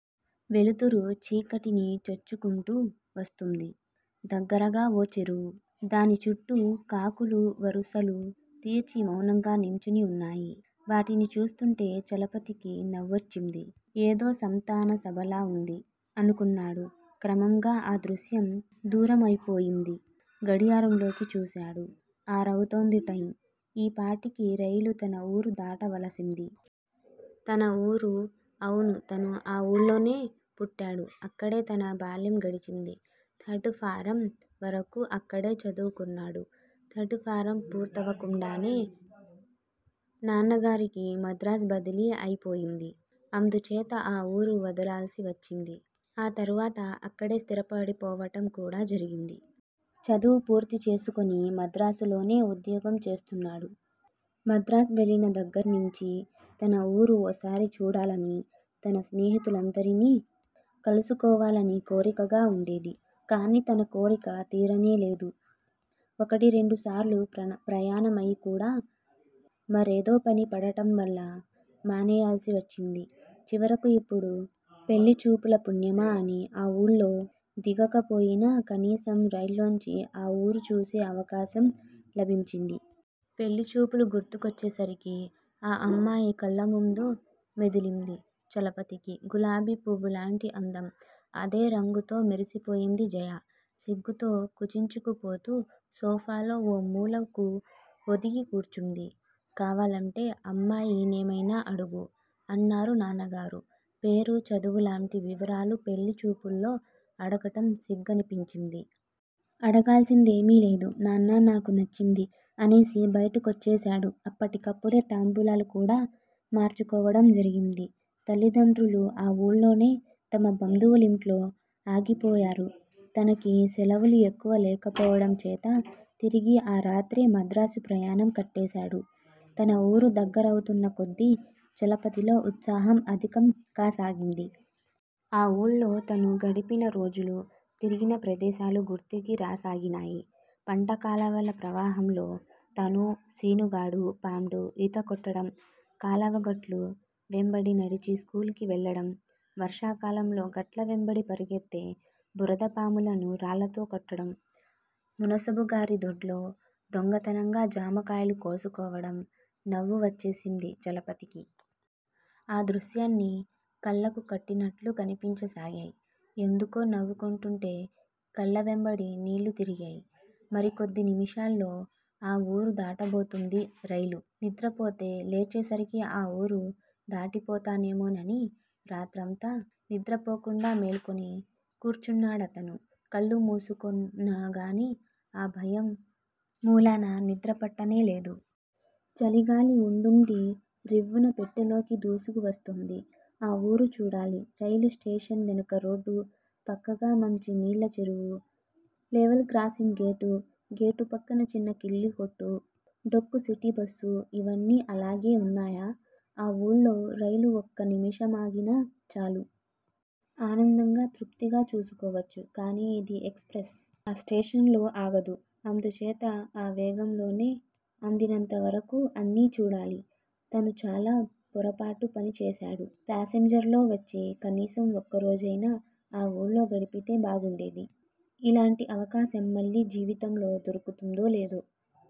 వెలుతురు చీకటిని చొచ్చుకొంటూ వస్తూంది. దగ్గరగా ఓ చెరువు. దాని చుట్టూ కాకులు వరుసలు తీర్చి మౌనంగా నించుని ఉన్నాయి. వాటిని చూస్తూంటే చలపతికి నవ్వొచ్చింది. 'ఏదో సంతాన సభలాగుంది' అనుకొన్నాడు. క్రమంగా ఆ దృశ్యం దూరమయిపోయింది. గడియారంలోకి చూశాడు. అరవుతోంది టైమ్. ఈపాటికి రైలు తన ఊరు దాటవలసింది. తన ఊరు! అవును. తను ఆ ఊళ్లోనే పుట్టాడు. అక్కడే తన బాల్యం గడిచింది. థర్డ్ ఫారమ్ వరకూ అక్కడే చదువుకొన్నాడు. ధర్డ్ ఫారం పూర్తవకుండానే నాన్నగారికి మద్రాస్ బదిలీ అయిపోయింది. అందుచేత ఆ ఊరు వదలాల్సి వచ్చింది. ఆ తరువాత అక్కడే స్థిరపడిపోవటం కూడా జరిగింది. చదువు పూర్తి చేసుకొని మద్రాసులోనే ఉద్యోగం చేస్తున్నాడు. మద్రాస్ వెళ్ళిన దగ్గర్నుంచీ తన ఊరు ఓసారి చూడాలనీ తన స్నేహితులందరినీ కలుసుకోవాలని కోరికగా ఉండేది. కానీ తన కోరిక తీరనేలేదు ఒకటి, రెండు సార్లు ప్రయాణమయి కూడా మరేదో పని పడటం వల్ల మానేయాల్సివచ్చింది. చివరకు ఇప్పుడు పెళ్ళిచూపుల పుణ్యమా అని ఆ ఊళ్లో దిగకపోయినా, కనీసం రైల్లోంచి ఆ ఊరు చూసే అవకాశం లభించింది. పెళ్ళిచూపులు గుర్తుకొచ్చేసరికి ఆ అమ్మాయి కళ్ళముందు మెదిలింది చలపతికి. గులాబీ పువ్వులాంటి అందం. అదే రంగుతో మెరిసిపోయింది జయ. సిగ్గుతో కుంచించుకుపోతూ సోఫాలో ఓ మూలకు ఒదిగి కూర్చుంది. కావాలంటే అమ్మాయి నేమైనా అడుగు! అన్నారు నాన్నగారు. పేరు, చదువులాంటి వివరాలు పెళ్ళి చూపుల్లో అడగటం సిగ్గనిపించింది. అడగాల్సిందేమీ లేదు. నాన్నా! నాకు నచ్చింది! అనేసి బయటి కొచ్చేశాడు. అప్పటికప్పుడే తాంబూలాలు కూడా మార్చుకోవడం జరిగిపోయింది. తల్లిదండ్రులు ఆ ఊళ్లోనే తమ బంధువులింట్లో ఆగిపోయారు. తనకి సెలవులు ఎక్కువ లేకపోవడం చేత తిరిగి ఆ రాత్రే మద్రాసు ప్రయాణం కట్టేశాడు. తన ఊరు దగ్గరవుతున్న కొద్దీ చలపతిలో ఉత్సాహం అధికం కాసాగింది. ఆ ఊళ్లో తను గడిపిన రోజులూ, తిరిగిన ప్రదేశాలు గుర్తుకి రాసాగినాయి. పంట కాలవ ప్రవాహంలో తనూ, శీనుగాడూ, పాండూ ఈతకొట్టడం, కాలవగట్టు వెంబడే నడిచి స్కూల్ కి వెళ్ళడం, వర్షాకాలంలో గట్ల వెంబడి పరుగెత్తే బురదపాములను రాళ్ళతో కొట్టడం, మున్సబుగారి దొడ్లో దొంగతనంగా జామకాయలు కోసుకోవడం- నవ్వు వచ్చేసింది చలపతికి. ఆ దృశ్యాలన్నీ కళ్లకు కట్టినట్లు కనిపించసాగాయ్- ఎందుకనో నవ్వుకుంటూంటే కళ్ల వెంబడి నీళ్ళు తిరిగినయ్. మరి కొద్ది నిమిషాల్లో ఆ ఊరు దాటబోతోంది రైలు. నిద్రపోతే లేచేసరికి ఆ ఊరు దాటిపోతుందేమోనని రాత్రంతా నిద్రపోకుండా మేలుకొని కూర్చున్నాడతను. కళ్ళు మూసుకొన్నాగాని ఆ భయం మూలాన నిద్రపట్టనేలేదు. చలిగాలి ఉండుండి రివ్వున పెట్టెలోకి దూసుకువస్తోంది. ఆ ఊరు చూడాలి. రైలు స్టేషన్ వెనుక రోడ్డూ, పక్కగా మంచి నీళ్ళ చెరువూ, లెవెల్ క్రాసింగ్ గేటూ, గేటు పక్కన చిన్న కిళ్లీకొట్టూ, డొక్కు సిటీబస్సూ ఇవన్నీ అలాగే ఉన్నాయా? ఆ ఊళ్లో రైలు ఒక్క నిమిషమాగినా చాలు. ఆనందంగా, తృప్తిగా చూసుకోవచ్చు. కానీ ఇది ఎక్స్ ప్రెస్! ఆ స్టేషన్లో ఆగదు. అందుచేత ఆ వేగంలోనే అందినంతవరకూ అన్నీ చూడాలి. తను చాలా పొరపాటు పని చేశాడు. పాసెంజర్ లో వచ్చి కనీసం ఒక్కరోజయినా ఆ వూళ్ళో గడిపితే బాగుండేది. ఇలాంటి అవకాశం మళ్ళీ జీవితంలో దొరుకుతుందో, లేదో?